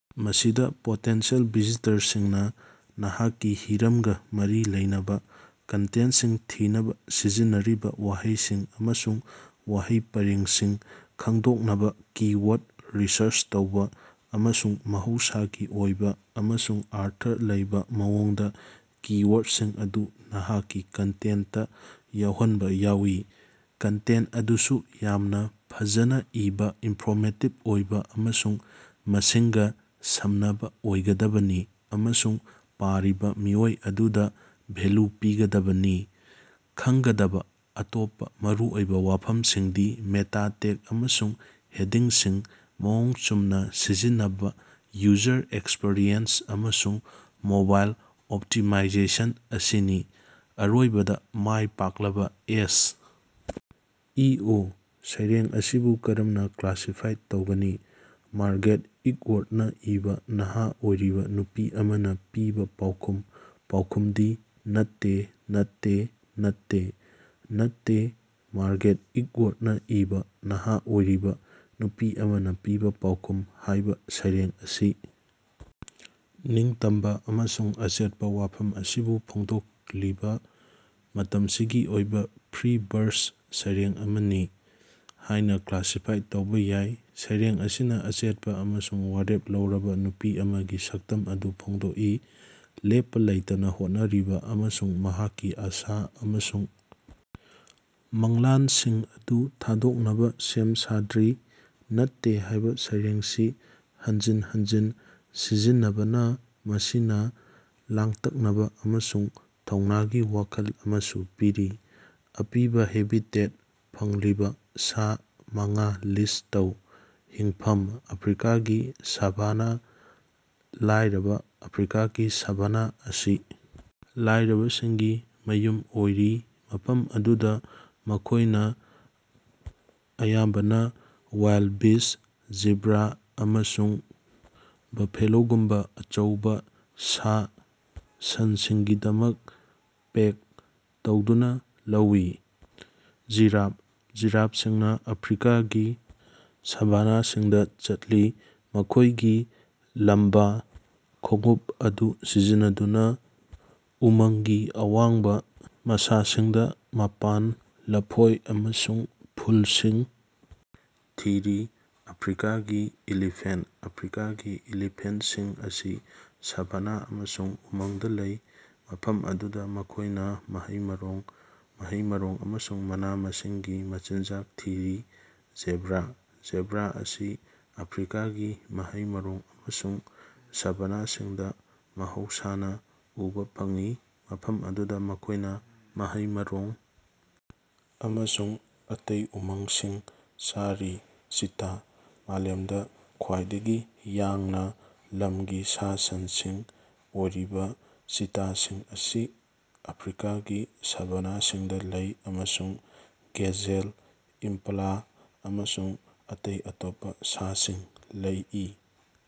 ꯃꯁꯤꯗ ꯄꯣꯇꯦꯟꯁꯤꯌꯦꯜ ꯚꯤꯖꯤꯇꯔꯁꯤꯡꯅ ꯅꯍꯥꯛꯀꯤ ꯍꯤꯔꯝꯒ ꯃꯔꯤ ꯂꯩꯅꯕ ꯀꯟꯇꯦꯟꯇꯁꯤꯡ ꯊꯤꯅꯕ ꯁꯤꯖꯤꯟꯅꯔꯤꯕ ꯋꯥꯍꯩꯁꯤꯡ ꯑꯃꯁꯨꯡ ꯋꯥꯍꯩ ꯄꯔꯦꯡꯁꯤꯡ ꯈꯪꯗꯣꯛꯅꯕ ꯀꯤ-ꯋꯥꯔꯗ ꯔꯤꯁꯔꯆ ꯇꯧꯕ, ꯑꯃꯁꯨꯡ ꯃꯍꯧꯁꯥꯒꯤ ꯑꯣꯏꯕ ꯑꯃꯁꯨꯡ ꯑꯔꯊ ꯂꯩꯕ ꯃꯑꯣꯡꯗ ꯀꯤ-ꯋꯥꯔꯗꯁꯤꯡ ꯑꯗꯨ ꯅꯍꯥꯛꯀꯤ ꯀꯟꯇꯦꯟꯇꯇꯥ ꯌꯥꯎꯍꯟꯕ ꯌꯥꯎꯏ꯫ ꯀꯟꯇꯦꯟꯇ ꯑꯗꯨꯁꯨ ꯌꯥꯝꯅ ꯐꯖꯅ ꯏꯕ, ꯏꯟꯐꯣꯔꯃꯦꯇꯤꯕ ꯑꯣꯏꯕ ꯑꯃꯁꯨꯡ ꯃꯤꯁꯤꯡꯒ ꯁꯝꯅꯕ ꯑꯣꯏꯒꯗꯕꯅꯤ ꯑꯃꯁꯨꯡ ꯄꯥꯔꯤꯕ ꯃꯤꯑꯣꯏ ꯑꯗꯨꯗ ꯚꯦꯜꯂꯨ ꯄꯤꯒꯗꯕꯅꯤ꯫ ꯈꯪꯒꯗꯕ ꯑꯇꯣꯞꯄ ꯃꯔꯨꯑꯣꯏꯕ ꯋꯥꯐꯝꯁꯤꯡꯗꯤ ꯃꯦꯇꯥ ꯇꯦꯒ ꯑꯃꯁꯨꯡ ꯍꯦꯗꯤꯡꯁꯤꯡ ꯃꯑꯣꯡ ꯆꯨꯝꯅ ꯁꯤꯖꯤꯟꯅꯕ, ꯌꯨꯖꯔ ꯑꯦꯛꯁꯄꯤꯔꯤꯑꯦꯟꯁ, ꯑꯃꯁꯨꯡ ꯃꯣꯕꯥꯏꯜ ꯑꯣꯞꯇꯤꯃꯥꯏꯖꯦꯁꯟ ꯑꯁꯤꯅꯤ꯫ ꯑꯔꯣꯏꯕꯗ, ꯃꯥꯏ ꯄꯥꯛꯂꯕ ꯑꯦꯁ. ꯏ. ꯑꯣ. ꯁꯩꯔꯦꯡ ꯑꯁꯤꯕꯨ ꯀꯔꯝꯅꯥ ꯀ꯭ꯂꯥꯁꯤꯐꯥꯏ ꯇꯧꯒꯅꯤ? ꯃꯥꯔꯒꯥꯔꯦꯠ ꯑꯦꯇꯎꯗꯅ ꯏꯕ "ꯅꯍꯥ ꯑꯣꯏꯔꯤꯕ ꯅꯨꯄꯤ ꯑꯃꯅ ꯄꯤꯕ ꯄꯥꯎꯈꯨꯝ" ꯄꯥꯎꯈꯨꯝꯗꯤ: ꯅꯠꯇꯦ, ꯅꯠꯇꯦ, ꯅꯠꯇꯦ꯫ "ꯅꯠꯇꯦ" ꯃꯥꯔꯒꯥꯔꯦꯠ ꯑꯦꯇꯎꯗꯅ ꯏꯕ "ꯅꯍꯥ ꯑꯣꯏꯔꯤꯕ ꯅꯨꯄꯤ ꯑꯃꯅ ꯄꯤꯕ ꯄꯥꯎꯈꯨꯝ" ꯍꯥꯏꯕ ꯁꯩꯔꯦꯡ ꯑꯁꯤ ꯅꯤꯡꯇꯝꯕ ꯑꯃꯁꯨꯡ ꯑꯆꯦꯠꯄ ꯋꯥꯐꯝ ꯑꯁꯤꯕꯨ ꯐꯣꯡꯗꯣꯛꯂꯤꯕ ꯃꯇꯝꯁꯤꯒꯤ ꯑꯣꯏꯕ, ꯐ꯭ꯔꯤ-ꯕꯔꯁ ꯁꯩꯔꯦꯡ ꯑꯃꯅꯤ ꯍꯥꯏꯅ ꯀ꯭ꯂꯥꯁꯤꯐꯥꯏ ꯇꯧꯕ ꯌꯥꯏ꯫ ꯁꯩꯔꯦꯡ ꯑꯁꯤꯅ ꯑꯆꯦꯠꯄ ꯑꯃꯁꯨꯡ ꯋꯥꯔꯦꯞ ꯂꯧꯔꯕ ꯅꯨꯄꯤ ꯑꯃꯒꯤ ꯁꯛꯇꯝ ꯑꯗꯨ ꯐꯣꯡꯗꯣꯛꯏ, ꯂꯦꯞꯄ ꯂꯩꯇꯅ ꯍꯣꯠꯅꯔꯤꯕ ꯑꯃꯁꯨꯡ ꯃꯍꯥꯛꯀꯤ ꯑꯥꯁ ꯑꯃꯁꯨꯡ ꯃꯪꯂꯥꯟꯁꯤꯡ ꯑꯗꯨ ꯊꯥꯗꯣꯛꯅꯕ ꯁꯦꯝ ꯁꯥꯗ꯭ꯔꯤ꯫ 'ꯅꯠꯇꯦ' ꯍꯥꯏꯕ ꯋꯥꯍꯩ ꯑꯁꯤ ꯍꯟꯖꯤꯟ ꯍꯟꯖꯤꯟ ꯁꯤꯖꯤꯟꯅꯕꯅ ꯃꯁꯤꯅ ꯂꯥꯡꯇꯛꯅꯕ ꯑꯃꯁꯨꯡ ꯊꯧꯅꯥꯒꯤ ꯋꯥꯈꯜ ꯑꯃꯁꯨ ꯄꯤꯔꯤ꯫ ꯑꯄꯤꯕ ꯍꯦꯕꯤꯇꯦꯠ ꯐꯪꯂꯤꯕ ꯁꯥ ꯃꯉꯥ ꯂꯤꯁ ꯇꯧ꯫ ꯍꯤꯡꯐꯝ: ꯑꯐ꯭ꯔꯤꯀꯥꯒꯤ ꯁꯥꯚꯥꯅꯥ꯫ ꯂꯥꯏꯔꯕ: ꯑꯐ꯭ꯔꯤꯀꯥꯒꯤ ꯁꯥꯚꯥꯅ ꯑꯁꯤ ꯂꯥꯏꯔꯕꯁꯤꯡꯒꯤ ꯃꯌꯨꯝ ꯑꯣꯏꯔꯤ, ꯃꯐꯝ ꯑꯗꯨꯗ ꯃꯈꯣꯏꯅ ꯑꯌꯥꯝꯕꯅ ꯋꯥꯏꯜꯗꯕꯤꯁ, ꯖꯦꯕ꯭ꯔꯥ, ꯑꯃꯁꯨꯡ ꯕꯐꯦꯂꯣꯒꯨꯝꯕ ꯑꯆꯧꯕ ꯁꯥ-ꯁꯟꯁꯤꯡꯒꯤꯗꯃꯛ ꯄꯦꯛ ꯇꯧꯗꯨꯅ ꯂꯧꯏ꯫ ꯖꯤꯔꯥꯐ: ꯖꯤꯔꯥꯐꯁꯤꯡꯅ ꯑꯐ꯭ꯔꯤꯀꯥꯒꯤ ꯁꯥꯚꯥꯅꯥꯁꯤꯡꯗ ꯆꯠꯂꯤ, ꯃꯈꯣꯏꯒꯤ ꯂꯝꯕ ꯈꯣꯡꯎꯞ ꯑꯗꯨ ꯁꯤꯖꯤꯟꯅꯗꯨꯅ ꯎꯃꯪꯒꯤ ꯑꯋꯥꯡꯕ ꯃꯁꯥꯁꯤꯡꯗ ꯃꯄꯥꯟ, ꯂꯐꯣꯏ ꯑꯃꯁꯨꯡ ꯐꯨꯜꯁꯤꯡ ꯊꯤꯔꯤ꯫ ꯑꯐ꯭ꯔꯤꯀꯥꯒꯤ ꯏꯂꯤꯐꯦꯟꯇ: ꯑꯐ꯭ꯔꯤꯀꯥꯒꯤ ꯏꯂꯤꯐꯦꯟꯇꯁꯤꯡ ꯑꯁꯤ ꯁꯥꯚꯥꯅꯥ ꯑꯃꯁꯨꯡ ꯎꯃꯪꯗ ꯂꯩ, ꯃꯐꯝ ꯑꯗꯨꯗ ꯃꯈꯣꯏꯅ ꯃꯍꯩ-ꯃꯔꯣꯡ, ꯃꯍꯩ-ꯃꯔꯣꯡ ꯑꯃꯁꯨꯡ ꯃꯅꯥ-ꯃꯁꯤꯡꯒꯤ ꯃꯆꯤꯟꯖꯥꯛ ꯊꯤꯔꯤ꯫ ꯖꯦꯕ꯭ꯔꯥ: ꯖꯦꯕ꯭ꯔꯥ ꯑꯁꯤ ꯑꯐ꯭ꯔꯤꯀꯥꯒꯤ ꯃꯍꯩ-ꯃꯔꯣꯡ ꯑꯃꯁꯨꯡ ꯁꯥꯚꯥꯅꯥꯁꯤꯡꯗ ꯃꯍꯧꯁꯥꯅ ꯎꯕ ꯐꯪꯏ, ꯃꯐꯝ ꯑꯗꯨꯗ ꯃꯈꯣꯏꯅ ꯃꯍꯩ-ꯃꯔꯣꯡ ꯑꯃꯁꯨꯡ ꯑꯇꯩ ꯎꯃꯪꯁꯤꯡ ꯆꯥꯔꯤ꯫ ꯆꯤꯇꯥ: ꯃꯥꯂꯦꯝꯗ ꯈ꯭ꯋꯥꯏꯗꯒꯤ ꯌꯥꯡꯅ ꯂꯝꯒꯤ ꯁꯥ-ꯁꯟꯁꯤꯡ ꯑꯣꯏꯔꯤꯕ ꯆꯤꯇꯥꯁꯤꯡ ꯑꯁꯤ ꯑꯐ꯭ꯔꯤꯀꯥꯒꯤ ꯁꯥꯚꯥꯅꯥꯁꯤꯡꯗ ꯂꯩ ꯑꯃꯁꯨꯡ ꯒꯦꯖꯦꯜ, ꯏꯝꯄꯥꯂꯥ ꯑꯃꯁꯨꯡ ꯑꯇꯩ ꯑꯄꯤꯛꯄꯥ ꯁꯥꯁꯤꯡ ꯂꯧꯏ꯫